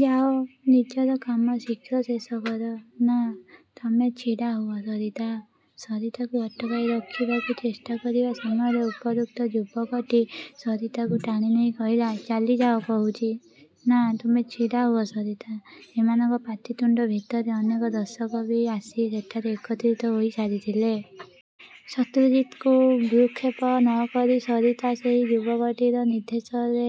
ଯାଅ, ନିଜର କାମ ଶୀଘ୍ର ଶେଷ କର। ନା, ତମେ ଛିଡ଼ାହୁଅ, ସରିତା! ସରିତାକୁ ଅଟକାଇ ରଖିବାକୁ ଚେଷ୍ଟା କରିବା ସମୟରେ ଉପରୋକ୍ତ ଯୁବକଟି ସରିତାକୁ ଟାଣିନେଇ କହିଲା,"ଚାଲିଯାଅ କହୁଛି। ନା, ତମେ ଛିଡ଼ାହୁଅ, ସରିତା! ଏମାନଙ୍କ ପାଟିତୁଣ୍ତ ଭିତରେ ଅନେକ ଦର୍ଶକ ବି ଆସି ସେଠାରେ ଏକତ୍ରିତ ହୋଇସାରିଥିଲେ। ଶତ୍ରୁଜିତଙ୍କୁ ଭ୍ରୂକ୍ଷେପ ନ କରି ସରତା ସେଇ ଯୁବକଟିର ନିର୍ଦ୍ଦେଶରେ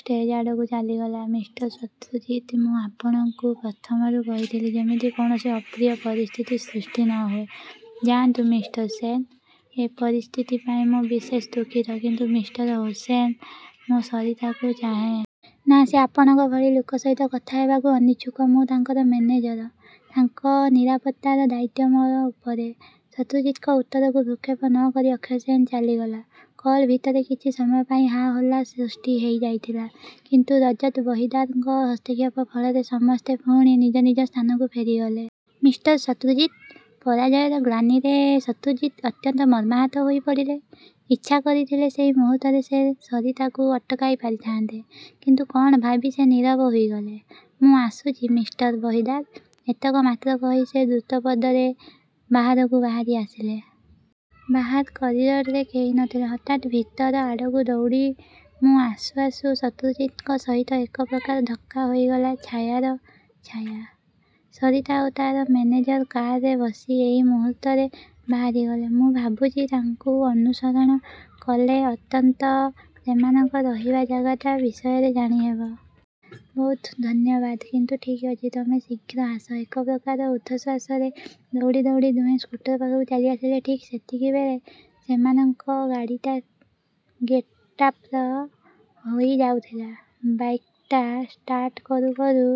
ଷ୍ଟେଜ୍ଆଡ଼କୁ ଚାଲିଗଲା। ମିଷ୍ଟର ଶତ୍ରୁଜିତ୍! ମୁଁ ଆପଣଙ୍କୁ ପ୍ରଥମରୁ କହିଥିଲି, ଯେମିତି କୌଣସି ଅପ୍ରିୟ ପରିସ୍ଥିତି ସୃଷ୍ଟି ନ ହୁଏ। ଯାଆନ୍ତୁ, ମିଷ୍ଟର ସେନ୍, ଏ ପରିସ୍ଥିତି ପାଇଁ ମୁଁ ବିଶେଷ ଦୁଃଖିତ! କିନ୍ତୁ ମିଷ୍ଟର ହୁସେନ, ମୁଁ ସରିତାକୁ ଚାହେଁ। ନା, ସେ ଆପଣଙ୍କ ଭଳି ଲୋକ ସହିତ କଥା ହେବାକୁ ଅନିଚ୍ଛୁକ। ମୁଁ ତାଙ୍କର ମେନେଜର। ତାଙ୍କ ନିରାପତ୍ତାର ଦାୟିତ୍ୱ ମୋ ଉପରେ। ଶତ୍ରୁଜିତଙ୍କ ଉତ୍ତରକୁ ଭ୍ରୁକ୍ଷେପ ନ କରି ଅକ୍ଷୟ ସେନ୍ ଚାଲିଗଲା। କଲ୍ ଭିତରେ କିଛି ସମୟ ପାଇଁ ହା ହୋଲ୍ଲା ସୃଷ୍ଟିହେଇଯାଇଥିଲା ,କିନ୍ତୁ ରଜତ ବହିଦାରଙ୍କ ହସ୍ତକ୍ଷେପ ଫଳରେ ସମସ୍ତେ ପୁଣି ନିଜ ନିଜ ସ୍ଥାନକୁ ଫେରିଗଲେ। ମିଷ୍ଟର ଶତ୍ରୁଜିତ୍! ପରାଜୟର ଗ୍ଳାନିରେ ଶତ୍ରୁଜିତ୍ଅତ୍ୟନ୍ତ ମର୍ମାହତ ହୋଇପଡ଼ିଲେ। ଇଚ୍ଛା କରିଥିଲେ ସେଇ ମୁହୂର୍ତ୍ତରେ ସେ ସରିତାକୁ ଅଟକାଇ ପାରିଥାଆନ୍ତେ, କିନ୍ତୁ କ'ଣ ଭାବି ସେ ନୀରବ ହୋଇଗଲେ। ମୁଁ ଆସୁଛି ମିଷ୍ଟର ବହିଦାର, ଏତକ ମାତ୍ର କହି ସେ ଦ୍ରୁତ ପଦରେ ବାହାରକୁ ବାହାରି ଆସିଲେ। ବାହାର କରିଡ଼ରରେ କେହି ନ ଥିଲେ, ହଠାତ୍ ଭିତର ଆଡ଼କୁ ଦୌଡ଼ି ମୁଁ ଆସୁ ଆସୁ ଶତ୍ରୁଜିତଙ୍କ ସହିତ ଏକପ୍ରକାର ଧକ୍କା ହୋଇଗଲା ଛାୟାର। ଛାୟା! ସରିତା ଆଉ ତା'ର ମେନେଜର କାରରେ ବସି ଏଇ ମୁହୂର୍ତ୍ତରେ ବାହାରିଗଲେ। ମୁଁ ଭାବୁଛି ତାଙ୍କୁ ଅନୁସରଣ କଲେ ଅତ୍ୟନ୍ତ ସେମାନଙ୍କ ରହିବା ଜାଗାଟା ବିଷୟରେ ଜାଣିହେବ। ବହୁତ ଧନ୍ୟବାଦ, କିନ୍ତୁ ଠିକ୍ ଅଛି। ତମେ ଶୀଘ୍ର ଆସ। ଏକପ୍ରକାର ଊର୍ଦ୍ଧ୍ୱଶ୍ୱାସରେ ଦୌଡ଼ି ଦୌଡ଼ି ଦୁହେଁ ସ୍କୁଟର ପାଖକୁ ଚାଲିଆସିଲେ। ଠିକ୍ ସେତିକିବେଳେ ସେମାନଙ୍କ ଗାଡ଼ିଟା ଗେଟ୍ପାର ହୋଇ ଯାଉଥିଲା। ବାଇକ୍ଟା ଷ୍ଟାର୍ଟ କରୁ କରୁ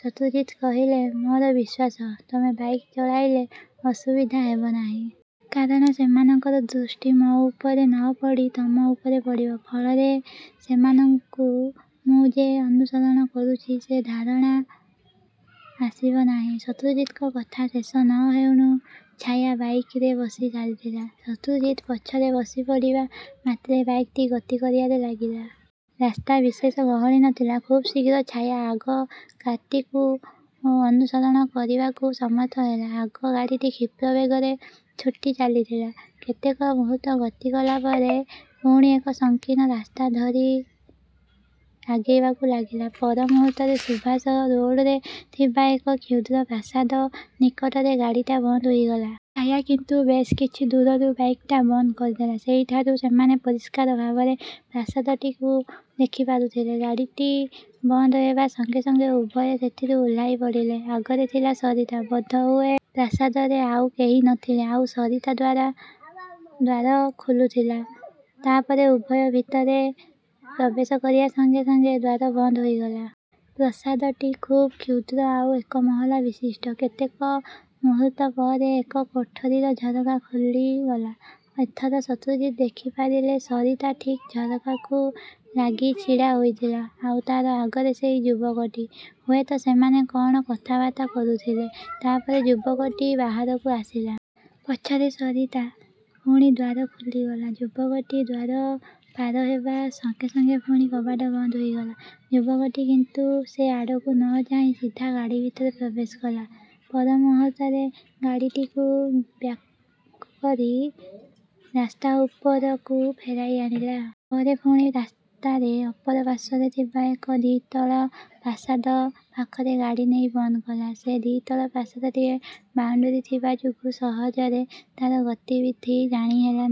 ଶତ୍ରୁଜିତ୍ କହିଲେ,"ମୋର ବିଶ୍ୱାସ, ତମେ ବାଇକ୍ ଚଳାଇଲେ ଅସୁବିଧା ହେବ ନାହିଁ। କାରଣ ସେମାନଙ୍କର ଦୃଷ୍ଟି ମୋ ଉପରେ ନ ପଡ଼ି ତମ ଉପରେ ପଡ଼ିବ। ଫଳରେ ସେମାନଙ୍କୁ ମୁଁ ଯେ ଅନୁସରଣ କରୁଛି ସେ ଧାରଣା ଆସିବ ନାହିଁ। ଶତ୍ରୁଜିତଙ୍କ କଥା ଶେଷ ନ ହେଉଣୁ ଛାୟା ବାଇକରେ ବସି ସାରିଥିଲା। ଶତ୍ରୁଜିତ୍ ପଛରେ ବସିପଡ଼ିବା ମାତ୍ରେ, ବାଇକ୍ଟି ଗତି କରିବାରେ ଲାଗିଲା। ରାସ୍ତା ବିଶେଷ ଗହଳି ନ ଥିଲା। ଖୁବ୍ଶୀଘ୍ର ଛାୟା ଆଗ କାର୍ଟିକୁ ଅନୁସରଣ କରିବାକୁ ସମର୍ଥ ହେଲା। ଆଗ ଗାଡ଼ିଟି କ୍ଷିପ୍ର ବେଗରେ ଛୁଟି ଚାଲିଥିଲା। କେତେକ ମୁହୂର୍ତ୍ତ ଗତି କଲାପରେ ପୁଣି ଏକ ସଂକୀର୍ଣ୍ଣ ରାସ୍ତା ଧରି ଆଗେଇବାକୁ ଲାଗିଲା। ପର ମୁହୂର୍ତ୍ତରେ ସୁଭାଷ ରୋଡ଼ରେ ଥିବା ଏକ କ୍ଷୁଦ୍ର ପ୍ରାସାଦ ନିକଟରେ ଗାଡ଼ିଟା ବନ୍ଦ ହେଇଗଲା। ଛାୟା କିନ୍ତୁ ବେଶ୍ କିଛି ଦୂରରୁ ବାଇକ୍ଟା ବନ୍ଦ କରିଦେଲା। ସେଇଠାରୁ ସେମାନେ ପରିଷ୍କାର ଭାବରେ ପ୍ରାସାଦଟିକୁ ଦେଖିପାରୁଥିଲେ। ଗାଡ଼ିଟି ବନ୍ଦ ହେବା ସଙ୍ଗେ ସଙ୍ଗେ ଉଭୟେ ସେଥିରୁ ଓହ୍ଲାଇପଡ଼ିଲେ। ଆଗରେ ଥିଲା ସରିତା, ବୋଧହୁଏ ପ୍ରାସାଦରେ ଆଉ କେହି ନ ଥିଲେ ଆଉ ସରିତା ଦ୍ୱାରା ଦ୍ୱାର ଖୋଲୁଥିଲା, ତା'ପରେ ଉଭୟେ ଭିତରେ ପ୍ରବେଶ କରିବା ସଙ୍ଗେ ସଙ୍ଗେ ଦ୍ୱାର ବନ୍ଦ ହେଇଗଲା। ପ୍ରସାଦଟି ଖୁବ୍ କ୍ଷୁଦ୍ର ଆଉ ଏକମହଲା ବିଶିଷ୍ଟ। କେତେକ ମୁହୂର୍ତ୍ତ ପରେ ଏକ କୋଠାରିର ଝରକା ଖୋଲିଗଲା। ଏଥର ଶତ୍ରୁଜିତ୍ ଦେଖିପାରିଲେ ସରିତା ଠିକ୍ ଝରକାକୁ ଲାଗି ଛିଡ଼ା ହୋଇଥିଲା। ଆଉ ତା'ର ଆଗରେ ସେଇ ଯୁବକଟି। ହୁଏତ ସେମାନେ କ'ଣ କଥାବାର୍ତ୍ତା କରୁଥିଲେ। ତା'ପରେ ଯୁବକଟି ବାହାରକୁ ଆସିଲା। ପଛରେ ସରିତା। ପୁଣି ଦ୍ୱାର ଖୋଲିଗଲା। ଯୁବକଟି ଦ୍ୱାର ପାର ହେବା ସଙ୍ଗେ ସଙ୍ଗେ ପୁଣି କବାଟ ବନ୍ଦ ହୋଇଗଲା। ଯୁବକଟି କିନ୍ତୁ ସେ ଆଡ଼କୁ ନ ଚାହିଁ ସିଧା ଗାଡ଼ି ଭିତରେ ପ୍ରବେଶ କଲା। ପର ମୁହୂର୍ତ୍ତରେ ଗାଡ଼ିଟିକୁ ବ୍ୟାକ୍କରି ରାସ୍ତା ଉପରକୁ ଫେରାଇ ଆଣିଲା। ପରେ ପୁଣି ରାସ୍ତାରେ ଅପର ପାର୍ଶ୍ୱରେ ଥିବା ଏକ ଦ୍ୱିତଳ ପ୍ରାସାଦ ପାଖରେ ଗାଡ଼ି ନେଇ ବନ୍ଦ କଲା। ସେଇ ଦ୍ୱିତଳ ପ୍ରାସାଦଟିଏ ବାଉଣ୍ତରୀ ଥିବା ଯୋଗୁ ସହଜରେ ତା'ର ଗତିବିଧି ଜାଣି ହେଲା ନାହିଁ।